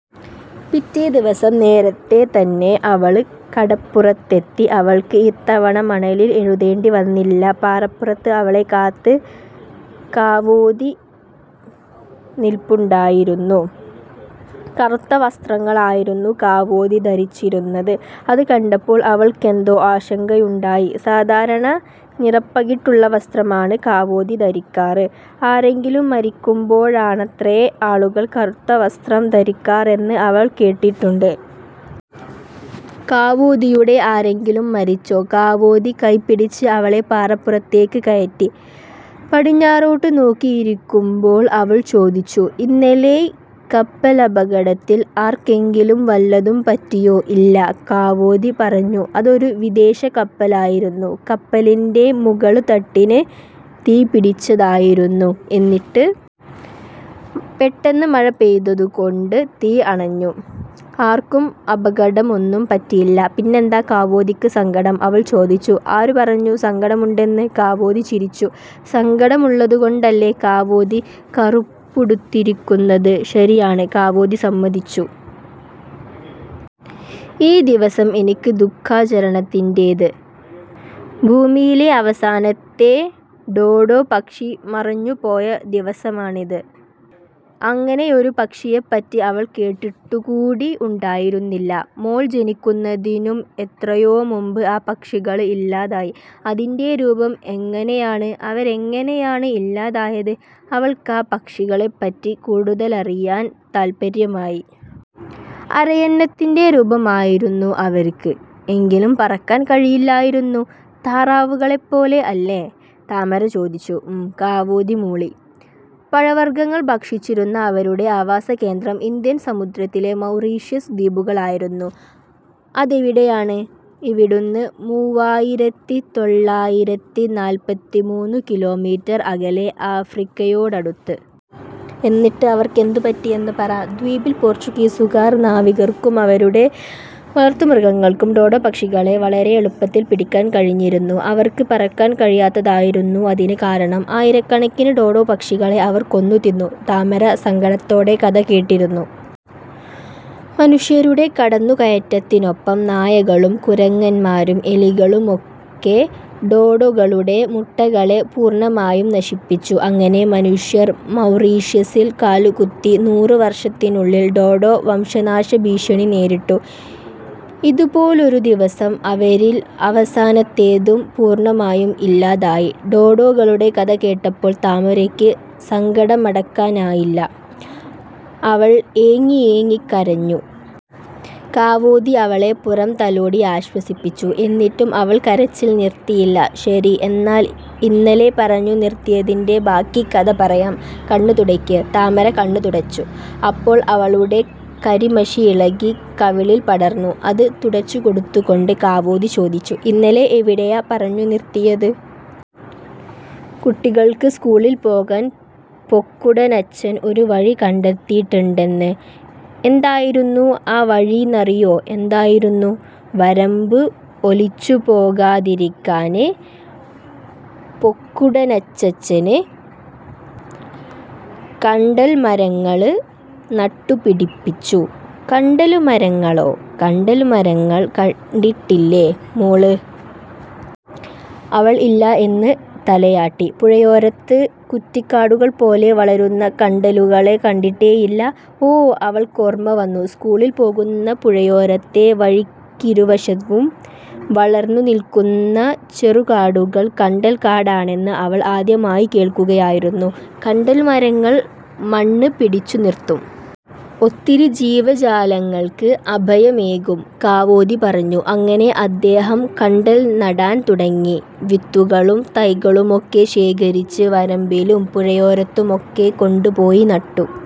പിറ്റേദിവസം നേരത്തേതന്നെ അവള് കടപ്പുറത്തെത്തി. അവള്‍ക്ക് ഇത്തവണ മണലിൽ എഴുതേണ്ടിവന്നില്ല. പാറപ്പുറത്ത് അവളെ കാത്ത് കാവോതി നിൽപ്പുണ്ടായിരുന്നു. കറുത്ത വസ്ത്രങ്ങളായിരുന്നു കാവോതി ധരിച്ചിരുന്നത്. അത് കണ്ടപ്പോള്‍ അവൾക്കെന്തോ ആശങ്കയുണ്ടായി. സാധാരണ നിറപ്പകിട്ടുള്ള വസ്ത്രമാണ് കാവോതി ധരിക്കാറ്. ആരെങ്കിലും മരിക്കുമ്പോഴാണത്രേ ആളുകള്‍ കറുത്ത വസ്ത്രം ധരിക്കാറെന്ന് അവള്‍ കേട്ടിട്ടുണ്ട്. കാവോതിയുടെ ആരെങ്കിലും മരിച്ചോ? കാവോതി കൈപിടിച്ച് അവളെ പാറപ്പുറത്തേക്ക് കയറ്റി. പടിഞ്ഞാറോട്ട് നോക്കിയിരിക്കുമ്പോള്‍ അവള്‍ ചോദിച്ചു:''ഇന്നലെ കപ്പലപകടത്തിൽ ആര്‍ക്കെങ്കിലും വല്ലതും പറ്റിയോ? '''' ഇല്ല '' കാവോതി പറഞ്ഞു: '' അതൊരു വിദേശ കപ്പലായിരുന്നു. കപ്പലിന്‍റെ മുകള്തട്ടിന് തീ പിടിച്ചതായിരുന്നു. '''' എന്നിട്ട്? '''' പെട്ടെന്ന് മഴ പെയ്തതുകൊണ്ട് തീ അണഞ്ഞു. ആര്‍ക്കും അപകടമൊന്നും പറ്റിയില്ല. '''' പിന്നെന്താ കാവോതിക്ക് സങ്കടം? '' അവള്‍ ചോദിച്ചു. '' ആരുപറഞ്ഞു സങ്കടമുണ്ടെന്ന്? '' കാവോതി ചിരിച്ചു. '' സങ്കടമുള്ളതുകൊണ്ടല്ലേ കാവോതി കറുപ്പുടുത്തിരിക്കുന്നത്? '''' ശരിയാണ് '' കാവോതി സമ്മതിച്ചു. '' ഈ ദിവസം എനിക്ക് ദുഖാചരണത്തിന്‍റേത്. ഭൂമിയിലെ അവസാനത്തെ ഡോഡോ പക്ഷി മറഞ്ഞുപോയ ദിവസമാണിത് '' അങ്ങനെയൊരു പക്ഷിയെപ്പറ്റി അവള്‍ കേട്ടിട്ടുകൂടി ഉണ്ടായിരുന്നില്ല. '' മോള്‍ ജനിക്കുന്നതിനും എത്രയോമുമ്പ് ആ പക്ഷികള് ഇല്ലാതായി. '''' അതിന്‍റെ രൂപം എങ്ങനെയാണ്? അവരെങ്ങനെയാണ് ഇല്ലാതായത്? '' അവൾക്കാ പക്ഷികളെപ്പറ്റി കൂടുതലറിയാന്‍ താത്പര്യമായി. '' അരയന്നത്തിന്‍റെ രൂപമായിരുന്നു അവര്ക്ക്. എങ്കിലും പറക്കാന്‍ കഴിയില്ലായിരുന്നു!. '''' താറാവുകളെപ്പോലെ അല്ലേ? '', താമര ചോദിച്ചു. '' ഉം '' കാവോതി മൂളി. '' പഴവർഗങ്ങൾ ഭക്ഷിച്ചിരുന്ന അവരുടെ ആവാസകേന്ദ്രം ഇന്ത്യൻ സമുദ്രത്തിലെ മൗറീഷ്യസ് ദ്വീപുകളായിരുന്നു. '''' അതെവിടെയാണ്? ഇവിടുന്ന് മൂവായിരത്തിതൊള്ളായിരത്തിനാല്പത്തിമൂന്നു കിലോമീറ്റര്‍ അകലെ ആഫ്രിക്കയോടടുത്ത്! '''' എന്നിട്ട് അവർക്കെന്തുപറ്റിയെന്ന് പറ! '''' ദ്വീപിൽ പോര്‍ച്ചുഗീസുകാർ നാവികര്‍ക്കും അവരുടെ വളര്‍ത്തുമൃഗങ്ങള്‍ക്കും ഡോഡോ പക്ഷികളെ വളരെ എളുപ്പത്തില്‍ പിടിക്കാന്‍ കഴിഞ്ഞിരുന്നു. അവര്‍ക്ക് പറക്കാന്‍ കഴിയാത്തതായിരുന്നു അതിന് കാരണം. ആയിരക്കണക്കിന് ഡോഡോ പക്ഷികളെ അവര്‍ കൊന്നുതിന്നു. '' താമര സങ്കടത്തോടെ കഥ കേട്ടിരുന്നു. '' മനുഷ്യരുടെ കടന്നുകയറ്റത്തിനൊപ്പം നായകളും കുരങ്ങന്മാരും എലികളുമൊക്കെ ഡോഡോകളുടെ മുട്ടകളെ പൂര്‍ണമായും നശിപ്പിച്ചു. അങ്ങനെ മനുഷ്യര്‍ മൗറിഷ്യസിൽ കാലുകുത്തി നൂറ് വര്‍ഷത്തിനുള്ളില്‍ ഡോഡോ വംശനാശ ഭീഷണി നേരിട്ടു. ഇതുപോലൊരുദിവസം അവരില്‍ അവസാനത്തേതും പൂര്‍ണമായും ഇല്ലാതായി. '' ഡോഡോകളുടെ കഥ കേട്ടപ്പോള്‍ താമരയ്ക്ക് സങ്കടമടക്കാനായില്ല. അവള്‍ ഏങ്ങിയേങ്ങി കരഞ്ഞു. കാവോതി അവളെ പുറംതലോടി ആശ്വസിപ്പിച്ചു. എന്നിട്ടും അവള്‍ കരച്ചില്‍ നിര്‍ത്തിയില്ല. '' ശരി. എന്നാല്‍ ഇന്നലെ പറഞ്ഞു നിര്‍ത്തിയതിന്‍റെ ബാക്കി കഥ പറയാം. കണ്ണ് തുടയ്ക്ക്! '' താമര കണ്ണ് തുടച്ചു. അപ്പോള്‍ അവളുടെ കരിമഷി ഇളകി കവിളില്‍ പടര്‍ന്നു. അത് തുടച്ചുകൊടുത്തുകൊണ്ട് കാവോതി ചോദിച്ചു: '' ഇന്നലെ എവിടെയാ പറഞ്ഞു നിര്‍ത്തിയത്? '''' കുട്ടികള്‍ക്ക് സ്കൂളില്‍ പോകാന്‍ പൊക്കുടനച്ഛൻ ഒരു വഴി കണ്ടെത്തീട്ട്ണ്ടെന്ന്. '''' എന്തായിരുന്നു ആ വഴീന്നറിയോ? '''' എന്തായിരുന്നു? '''' വരമ്പ് ഒലിച്ചുപോകാതിരിക്കാന് പൊക്കുടനച്ഛച്ഛന് കണ്ടല്മരങ്ങള് നട്ടുപിടിപ്പിച്ചു. '''' കണ്ടല്മരങ്ങളോ? '''' കണ്ടല്മരങ്ങൾ കണ്ടിട്ടില്ലേ മോള്? '' അവള്‍ ഇല്ല എന്ന് തലയാട്ടി. '' പുഴയോരത്ത് കുറ്റിക്കാടുകൾ പോലെ വളരുന്ന കണ്ടലുകളെ കണ്ടിട്ടേയില്ല? '''' ഓ '' അവള്‍ക്കോർമ്മ വന്നു. സ്കൂളില്‍ പോകുന്ന പുഴയോരത്തെ വഴിക്കിരുവശവും വളര്‍ന്നു നില്‍ക്കുന്ന ചെറുകാടുകള്‍ കണ്ടൽ കാടാണെന്ന് അവള്‍ ആദ്യമായി കേള്‍ക്കുകയായിരുന്നു. '' കണ്ടല്മരങ്ങൽ മണ്ണ് പിടിച്ചു നിര്‍ത്തും. ഒത്തിരി ജീവജാലങ്ങള്‍ക്ക് അഭയമേകും. '' കാവോതി പറഞ്ഞു. '' അങ്ങനെ അദ്ദേഹം കണ്ടല്‍ നടാന്‍ തുടങ്ങി. വിത്തുകളും തൈകളുമൊക്കെ ശേഖരിച്ച് വരമ്പിലും പുഴയോരത്തുമൊക്കെ കൊണ്ടുപോയി നട്ടു.